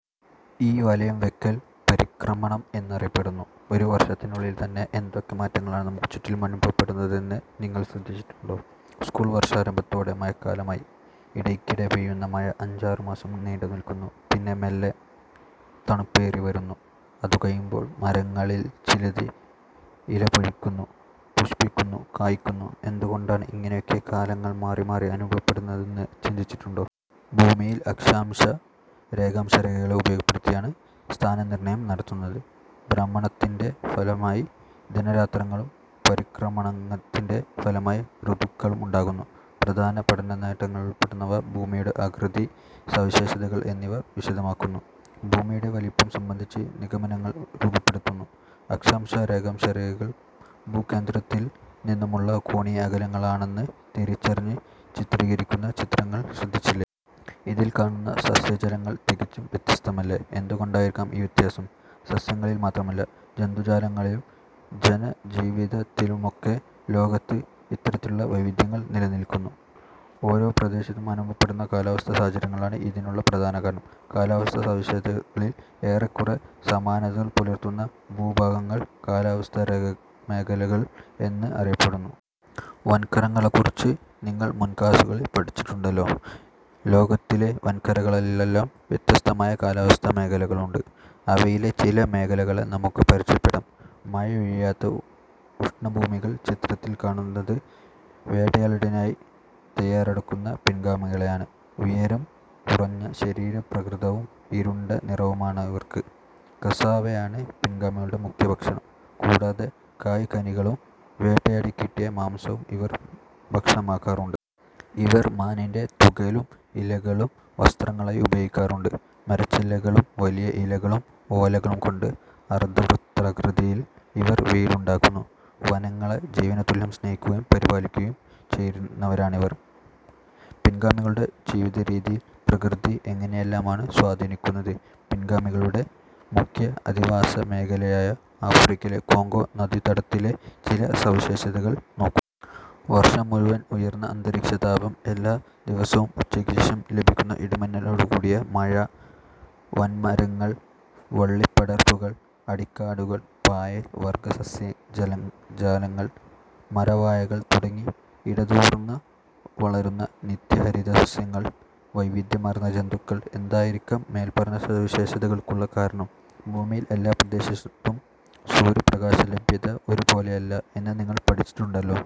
ഈ വലംവയ്ക്കൽ പരിക്രമണം എന്ന് അറിയപ്പെടുന്നു. ഒരു വർഷത്തിനുള്ളിൽ തന്നെ എന്തൊക്കെ മാറ്റങ്ങളാണ് നമുക്കുചുറ്റിലും അനുഭവപ്പെടുന്നത് എന്ന് നിങ്ങൾ ശ്രദ്ധിച്ചിട്ടുണ്ടോ? സ്കൂൾ വർഷാരംഭത്തോടെ മഴക്കാലമായി. ഇടയ്ക്കിടെ പെയ്യുന്ന മഴ അഞ്ചാറുമാസം നീണ്ടുനിൽക്കുന്നു. പിന്നെ മെല്ലെ തണുപ്പേറിവരുന്നു. അതുകഴിയുമ്പോൾ മരങ്ങളിൽ ചിലത് ഇലപൊഴിക്കുന്നു... പുഷ്പിക്കുന്നു.... കായ്ക്കുന്നു.... എന്തുകൊണ്ടാണ് ഇങ്ങനെയൊക്കെ കാലങ്ങൾ മാറിമാറി അനുഭവപ്പെടുന്നത് എന്ന് ചിന്തിച്ചിട്ടുണ്ടോ? ഭൂമിയിൽ അക്ഷാംശ-രേഖാംശരേഖകളെ ഉപയോഗപ്പെടുത്തിയാണ് സ്ഥാനനിർണ്ണയം നടത്തുന്നത്. ഭ്രമണത്തിന്റെ ഫലമായി ദിനരാത്രങ്ങളും പരിക്രമണത്തിന്റെ ഫലമായി ഋതുക്കളും ഉണ്ടാകുന്നു. പ്രധാന പഠനനേട്ടങ്ങളിൽപ്പെടുന്നവ ഭൂമിയുടെ ആകൃതി, സവിശേഷതകൾ എന്നിവ വിശദമാക്കുന്നു. ഭൂമിയുടെ വലിപ്പം സംബന്ധിച്ച് നിഗമനങ്ങൾ രൂപപ്പെടുത്തുന്നു. അക്ഷാംശ-രേഖാംശ രേഖകൾ ഭൂകേന്ദ്രത്തിൽ നിന്നുമുള്ള കോണീയ അകലങ്ങളാണെന്ന് തിരിച്ചറിഞ്ഞ് ചിത്രീകരിക്കുന്നു ചിത്രങ്ങൾ ശ്രദ്ധിച്ചില്ലേ. ഇതിൽ കാണുന്ന സസ്യജാലങ്ങൾ തികച്ചും വ്യത്യസ്തമല്ലേ. എന്തുകൊണ്ടായിരിക്കാം ഈ വ്യത്യാസം? സസ്യങ്ങളിൽ മാത്രമല്ല, ജന്തുജാലങ്ങളിലും ജനജീവിതത്തിലുമൊക്കെ ലോകത്ത് ഇത്തരത്തിൽ വൈവിധ്യങ്ങൾ നിലനിൽക്കുന്നു. ഓരോ പ്രദേശത്തും അനുഭവപ്പെടുന്ന കാലാവസ്ഥാ സാഹചര്യങ്ങളാണ് ഇതിനുള്ള പ്രധാന കാരണം. കാലാവസ്ഥാ സവിശേഷതകളിൽ ഏറെക്കുറെ സമാനതകൾ പുലർത്തുന്ന ഭൂഭാഗങ്ങൾ കാലാവസ്ഥാ മേഖലകൾ എന്ന് അറിയപ്പെടുന്നു. വൻകരകളെക്കുറിച്ച് നിങ്ങൾ മുൻ ക്ലാസ്സിൽ പഠിച്ചിട്ടുണ്ടല്ലോ. ലോകത്തിലെ വൻകരകളിലെല്ലാം വ്യത്യസ്തമായ കാലാവസ്ഥാ മേഖലകളുണ്ട്. അവയിലെ ചില മേഖലകളെ നമുക്ക് പരിചയപ്പെടാം. മഴയൊഴിയാത്ത ഉഷ്ണഭൂമികൾ ചിത്രത്തിൽ കാണുന്നത് വേട്ടയാടലിനായി തയ്യാറെടുക്കുന്ന പിൻഗാമികളെയാണ്. ഉയരം കുറഞ്ഞ ശരീരപ്രകൃതവും ഇരുണ്ട നിറവുമാണിവർക്ക്. കസാവ യാണ് പിൻഗാമികളുടെ മുഖ്യ ഭക്ഷണം. കൂടാതെ കായ്കനികളും വേട്ടയാടിക്കിട്ടിയ മാംസവും ഇവർ ഭക്ഷണമാക്കാറുണ്ട്. ഇവർ മാനിന്റെ തുകലും ഇലകളും വസ്ത്രങ്ങളായി ഉപയോഗിക്കാറുണ്ട്. മരച്ചില്ലകളും വലിയ ഇലകളും ഓലകളും കൊണ്ട് അർദ്ധവൃത്താകൃതിയിൽ ഇവർ വീടുണ്ടാക്കുന്നു. വനങ്ങളെ ജീവനുതുല്യം സ്നേഹിക്കുകയും പരിപാലിക്കുകയും ചെയ്യുന്നവരാണിവർ. പിൻ ഗാമികളുടെ ജീവിതരീതിയിൽ പ്രകൃതി എങ്ങനെയെല്ലാമാണ് സ്വാധീനിക്കുന്നത്? പിൻഗാമികളുടെ മുഖ്യ അധിവാസ മേഖലയായ ആഫ്രിക്കയിലെ കോംഗോ നദീതടത്തിലെ ചില സവിശേഷതകൾ നോക്കൂ. വർഷം മുഴുവൻ ഉയർന്ന അന്തരീക്ഷതാപം, എല്ലാ ദിവസവും ഉച്ചയ്ക്കുശേഷം ലഭിക്കുന്ന ഇടിമിന്നലോടുകൂടിയ മഴ. വൻമരങ്ങൾ, വള്ളിപ്പടർപ്പുകൾ, അടിക്കാടുകൾ, പായൽ വർഗ്ഗ സസ്യജാലങ്ങൾ, മരവാഴകൾ തുടങ്ങി ഇടതൂർന്ന് വളരുന്ന നിത്യഹരിത സസ്യങ്ങൾ. വൈവിധ്യമാർന്ന ജന്തുക്കൾ. എന്തായിരിക്കാം മേൽപ്പറഞ്ഞ സവിശേഷതകൾക്കുള്ള കാരണം? ഭൂമിയിൽ എല്ലാ പ്രദേശത്തും സൂര്യപ്രകാശലഭ്യത ഒരു പോലെയല്ല എന്ന് നിങ്ങൾ പഠിച്ചിട്ടുണ്ടല്ലോ.